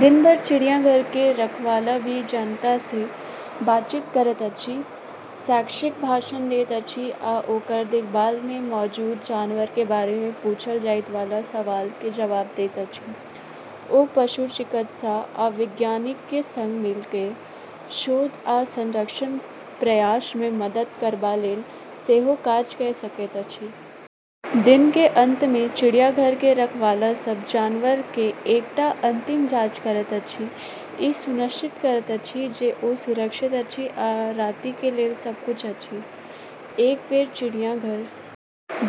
दिन भर चिड़ियाघर के रखवाला भी जनता सँ बातचीत करैत अछि, शैक्षिक भाषण दैत अछि आ ओकर देखभाल मे मौजूद जानवर के बारे मे पूछल जाइत वाला सवाल के जवाब दैत अछि। ओ पशु चिकित्सक आ वैज्ञानिक के संग मिल कए शोध आ संरक्षण प्रयास मे मदद करबा लेल सेहो काज कए सकैत अछि। दिन के अंत मे चिड़ियाघर के रखवाला सब जानवर के एकटा अंतिम जाँच करैत अछि, ई सुनिश्चित करैत अछि जे ओ सुरक्षित अछि आ राति के लेल सब किछु अछि। एक बेर चिड़ियाघर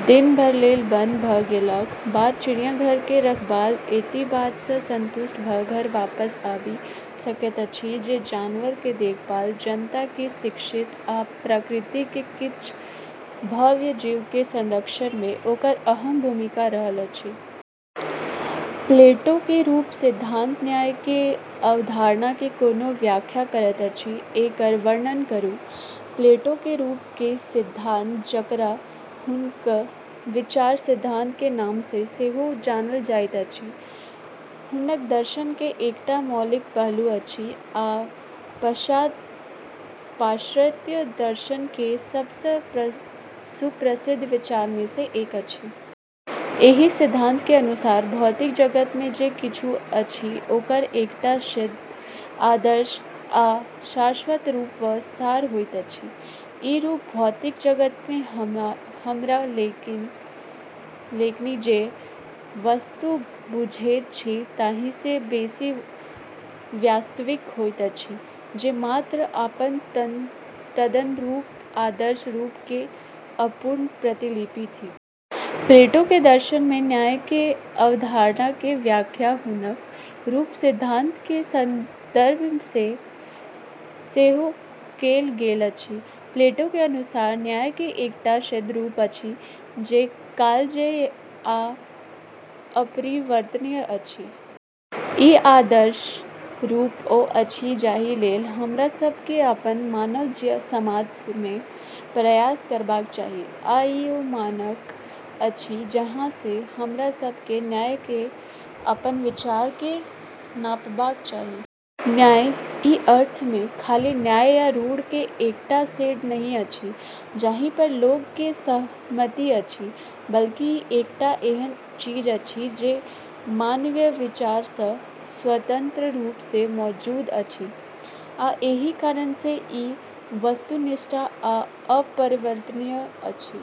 दिन भरि लेल बंद भ गेलाक बाद चिड़ियाघर के रखवाला एहि बात सँ संतुष्ट भ घर वापस आबि सकैत अछि जे जानवर के देखभाल, जनता के शिक्षित आ प्रकृति के किछ भव्य जीव के संरक्षण मे ओकर अहम भूमिका रहल अछि। प्लेटो के रूप सिद्धांत न्याय के अवधारणा के कोना व्याख्या करैत अछि, एकर वर्णन करू। प्लेटो के रूप के सिद्धांत, जकरा हुनक विचार सिद्धांत के नाम सँ सेहो जानल जाइत अछि, हुनक दर्शन के एकटा मौलिक पहलू अछि आ पाश्चात्य दर्शन के सबसँ सुप्रसिद्ध विचार मे सँ एक अछि। एहि सिद्धांत के अनुसार भौतिक जगत मे जे किछु अछि ओकर एकटा सिद्ध, आदर्श आ शाश्वत रूप वा सार होइत अछि। ई रूप भौतिक जगत मे हमरा लोकनि जे वस्तु बूझैत छी ताहि सँ बेसी वास्तविक होइत अछि, जे मात्र अपन तदनुरूप आदर्श रूप के अपूर्ण प्रतिलिपि थिक। प्लेटो के दर्शन मे न्याय के अवधारणा के व्याख्या हुनक रूप सिद्धांत के संदर्भ मे सेहो कएल गेल अछि। प्लेटो के अनुसार न्याय के एकटा सिद्ध रूप अछि, जे कालजयी आ अपरिवर्तनीय अछि। ई आदर्श रूप ओ अछि जाहि लेल हमरा सभ के अपन मानव समाज मे प्रयास करबाक चाही, आ ई ओ मानक अछि जाहि सँ हमरा सभ के न्याय के अपन विचार के नापबाक चाही। न्याय, ई अर्थ मे, खाली कानून या रूढ़ि के एकटा सेट नहि अछि जाहि पर लोक के सहमति अछि, बल्कि ई एकटा एहन चीज अछि जे मानवीय विचार सँ स्वतंत्र रूप सँ मौजूद अछि, आ एही कारण सँ ई वस्तुनिष्ठ आ अपरिवर्तनीय अछि।